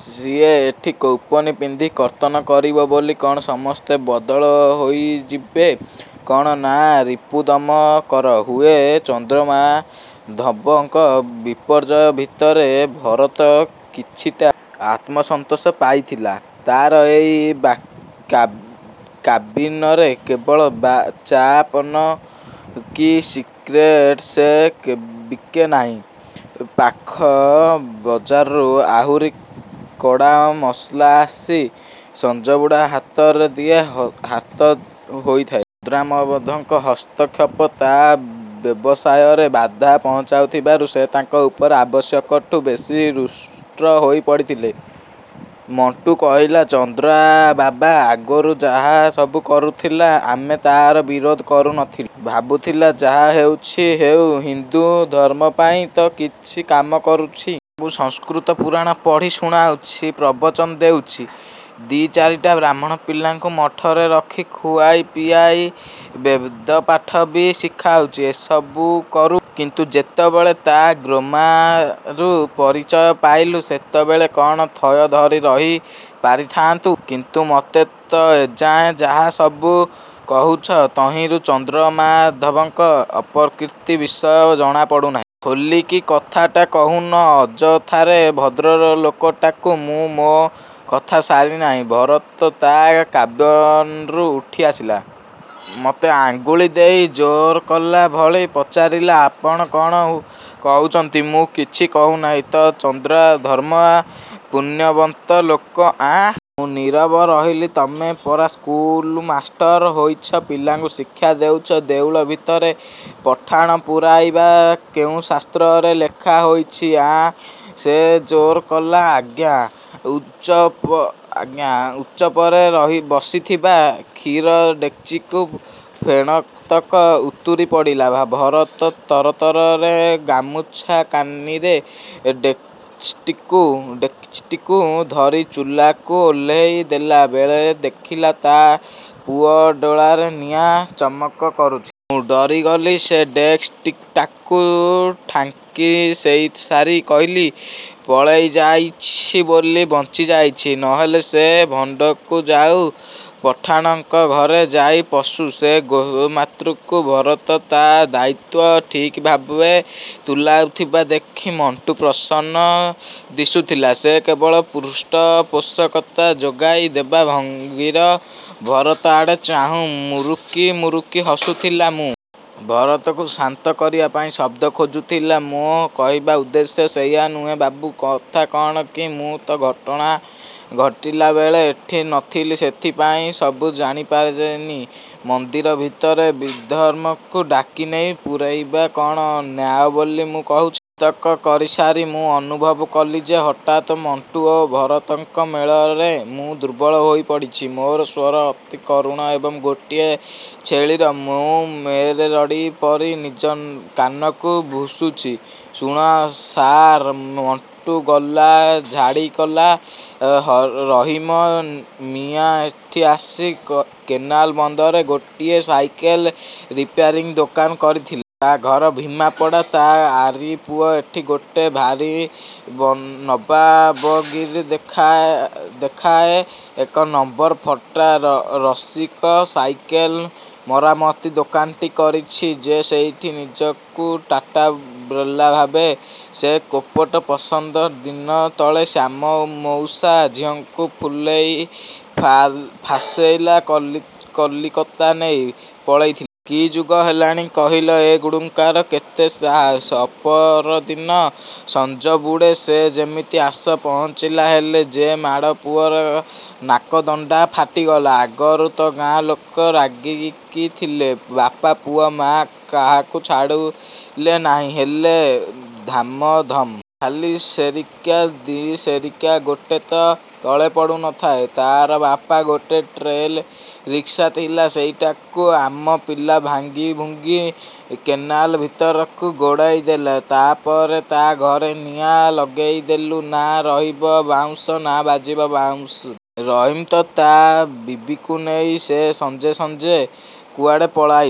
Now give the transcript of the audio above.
"ସିଏ ଏଠି କୌପୀନ ପିନ୍ଧି କର୍ତ୍ତନ କରିବ ବୋଲି କ'ଣ ସମସ୍ତେ ବଳଦ ହୋଇଯିବେ? କ'ଣ ନା, ରିପୁଦମ କର। ହୁଏ..." ଚନ୍ଦ୍ରମାଧବଙ୍କ ବିପର୍ଯ୍ୟୟ ଭିତରେ ଭରତ କିଛିଟା ଆତ୍ମସନ୍ତୋଷ ପାଇଥିଲା। ତା'ର ଏଇ କ୍ୟାବିନରେ କେବଳ ଚା', ପାନ କି ସିଗ୍ରେଟ୍ ସେ ବିକେ ନାହିଁ, ପାଖ ବଜାରରୁ ଆହୁରି କଡ଼ା ମସଲା ଆସି ସଞ୍ଜବୁଡା ହାତରୁ ଦି' ହାତ ହୋଇଥାଏ। ଚନ୍ଦ୍ରମାଧବଙ୍କ ହସ୍ତକ୍ଷେପ ତା' ବ୍ୟବସାୟରେ ବାଧା ପହଞ୍ଚାଉଥିବାରୁ ସେ ତାଙ୍କ ଉପରେ ଆବଶ୍ୟକଠୁ ବେଶି ରୁଷ୍ଟ ହୋଇ ପଡ଼ିଥିଲା। ମଣ୍ଟୁ କହିଲା, "ଚନ୍ଦରା ବାବା ଆଗରୁ ଯାହା ସବୁ କରୁଥିଲା ଆମେ ତା'ର ବିରୋଧ କରୁନଥିଲୁ। ଭାବୁଥିଲୁ, ଯାହା ହେଉଛି ହେଉ, ହିନ୍ଦୁ ଧର୍ମ ପାଇଁ ତ କିଛି କାମ କରୁଛି! ଲୋକଙ୍କୁ ସଂସ୍କୃତ ପୁରାଣ ପଢ଼ି ଶୁଣାଉଛି, ପ୍ରବଚନ ଦେଉଛି। ଦି' ଚାରିଟି ବ୍ରାହ୍ମଣ ପିଲାଙ୍କୁ ମଠରେ ରଖି ଖୁଆଇ ପିଆଇ ବେଦପାଠ ବି ଶିଖାଉଛି, ଏସବୁ କରୁ। କିନ୍ତୁ ଯେତେବେଳେ ତା'ର ଗୋତ୍ରମାରୁ ପରିଚୟ ପାଇଲୁ, ସେତେବେଳେ କ'ଣ ଥୟ ଧରି ରହି ପାରିଥାଆନ୍ତୁ!" "କିନ୍ତ ମତେ ତ ଏଯାଏଁ ଯାହା ସବୁ କହୁଛ ତହିଁରୁ ଚନ୍ଦ୍ରମାଧବଙ୍କ ଅପକୀର୍ତ୍ତି ବିଷୟ ଜଣା ପଡ଼ୁନାହିଁ। ଖୋଲିକି କଥାଟା କହୁନ, ଅଯଥାରେ ଭଦ୍ରଲୋକଟାକୁ" ମୁଁ ମୋ କଥା ସାରିନାହିଁ, ଭରତ ତା' କ୍ୟାବିନ୍‌ରୁ ଉଠି ଆସିଲା। ମୋତେ ଆଙ୍ଗୁଳି ଦେଖେଇ ଜେରା କଲା ଭଳି ପଚାରିଲା, "ଆପଣ କ'ଣ କହୁଛନ୍ତି?" "... ମୁଁ କିଛି କହୁନାହିଁ ତ...""ଚନ୍ଦରା ଧର୍ମାତ୍ମା? ପୁଣ୍ୟବନ୍ତ ଲୋକ? ଆଁ!" ମୁଁ ନୀରବ ରହିଲି.। "ତମେ ପରା ସ୍କୁଲ ମାଷ୍ଟର ହୋଇଛ? ପିଲାଙ୍କୁ ଶିକ୍ଷା ଦେଉଛ! ଦେଉଳ ଭିତରେ ପଠାଣ ପୂରେଇବା କେଉଁ ଶାସ୍ତ୍ରରେ ଲେଖା ହୋଇଛି, ଆଁ?" ସେ ଜୋର କଲା। ଆଜ୍ଞା ଉପରେ ବସିଥିବା କ୍ଷୀର ଡେକ୍‌ଚିରୁ ଫେଣତକ ଉତୁରି ପଡ଼ିଲା। ଭରତ ତରତରରେ ଗାମୁଛା କାନିରେ ଡେକ୍‌ଚିଟିକୁ ଡେକଚିଟିକୁ ଧରି ଚୁଲାରୁ ଓହ୍ଲେଇ ଦେଲା ବେଳେ ଦେଖିଲି ତା' ପୁଅଡୋଳାରେ ନିଆଁ ଚକମକ କରୁଛି। ମୁଁ ଡରିଗଲି। ସେ ଡେକ୍‌ଚିଟାକୁ ଢାଙ୍କି ଦେଇସାରି କହିଲା, "ପଳେଇ ଯାଇଛି ବୋଲି ବଞ୍ଚିଯାଇଛି। ନହେଲେ ସେ ଭଣ୍ଡକୁ... ଯାଉ, ପଠାଣଙ୍କ ଘରେ ଯାଇ ପଶୁ ସେ ଗୋତ୍ରମାରୁ। "ଭରତ ତା' ଦାୟିତ୍ୱ ଠିକ୍ ଭାବେ ତୁଲାଉଥିବା ଦେଖି ମଣ୍ଟୁ ପ୍ରସନ୍ନ ଦିଶୁଥିଲା। ସେ କେବଳ ପୃଷ୍ଠପୋଷକତା ଯୋଗାଇ ଦେବା ଭଙ୍ଗୀରେ ଭରତ ଆଡ଼େ ଚାହିଁ ମୁରୁକି ମୁରୁକି ହସୁଥିଲା। ମୁଁ ଭରତକୁ ଶାନ୍ତ କରିବା ପାଇଁ ଶବ୍ଦ ଖୋଜୁଥିଲି। "ମୋ କହିବା ଉଦ୍ଦେଶ୍ୟ ସେଇଆ ନୁହେଁ ବାବୁ, କଥା କ'ଣ କି ମୁଁ ତ ଘଟଣା ଘଟିଲା ବେଳେ ଏଠି ନଥିଲି, ସେଇଥିପାଇଁ ଏସବୁ ଜାଣି ପାରିନି। ମନ୍ଦିର ଭିତରେ ବିଧର୍ମୀଙ୍କୁ ଡାକି ନେଇ ପୂରେଇବା କ'ଣ ନ୍ୟାୟ ବୋଲି ମୁଁ କହୁଛି?" ଏତକ କହିସାରି ମୁଁ ଅନୁଭବ କଲି ଯେ ହଠାତ୍ ମଣ୍ଟୁ ଓ ଭରତଙ୍କ ମେଳରେ ମୁଁ ଦୁର୍ବଳ ହୋଇ ପଡ଼ିଛି। ମୋର ସ୍ୱର ଅତି କରୁଣ ଏବଂ ଗୋଟେ ଛେଳିର ମେଁ ମେଁ ରଡ଼ି ପରି ନିଜ କାନକୁ ଶୁଭୁଛି। "ଶୁଣ ସାଆରେ," ମଣ୍ଟୁ ଗଳା ଝାଡ଼ି କହିଲା, "ରହିମ ମିଆଁ ଏଠି ଆସି କେନାଲ ବନ୍ଧରେ ଗୋଟେ ସାଇକେଲ୍ ରିପେୟାରିଂ ଦୋକାନ କରିଥିଲା। ତା' ଘର ଭୀମପଡ଼ା। ତା'ଆରି ପୁଅ ଏଠି ଗୋଟେ ଭାରି ନବାବଗିରି ଦେଖାଏ। ଏକ ନମ୍ବର ଫଟା ରସିକ। ସାଇକେଲ୍ ମରାମତି ଦୋକାନଟେ କରିଛି ଯେ ସେଇଥିରେ ନିଜକୁ ଟାଟା ବିର୍ଲା ଭାବେ। ସେଇ କୋପଟ ପନ୍ଦର ଦିନ ତଳେ ଶ୍ୟାମ ମଉସା ଝିଅକୁ ଫୁଲେଇ ଫାସେଇ କଲିକତା ନେଇ ପଳେଇଥିଲା। କି ଯୁଗ ହେଲାଣି କହିଲ? ଏଗୁଡୁଙ୍କାର କେତେ ସାହସ! ପଅରଦିନ ସଞ୍ଜବୁଡ଼େ ସେ ଯେମିତି ଆସି ପହଞ୍ଚିଲା, ହେଲା ଯେ ମାଡ଼, ପୁଅର ନାକଦଣ୍ଡା ଫାଟିଗଲା। ଆଗରୁ ତ ଗାଁ ଲୋକେ ରାଗିକି ଥିଲେ, ବାପା ପୁଅ ମା', କାହାକୁ ଛାଡ଼ିଲେ ନାହିଁ। ହେଲେ ଧାମଧମ୍। ଖାଲି ସେରିକା, ଦି' ସେରିକା, ଗୋଟେ ତ ତଳେ ପଡ଼ୁନଥାଏ। ତା' ବାପାର ଗୋଟେ ଟ୍ରେଲ ରିକ୍ସା ଥିଲା, ସେଇଟାକୁ ଆମ ପିଲା ଭାଙ୍ଗିଭୁଙ୍ଗି କେନାଲ ଭିତରକୁ ଗୋଡ଼ାଇ ଦେଲା। ତା'ପରେ ତା' ଘରେ ନିଆଁ ଲଗେଇ ଦେଲୁ। ନା ରହିବ ବାଉଁଶ, ନା ବାଜିବ ବାଂଶୁରୀ! ରହିମ ତ ତା' ବିବିକୁ ନେଇ ସେଇ ସଞ୍ଜେ ସଞ୍ଜେ କୁଆଡ଼େ ପଳେଇଲା।"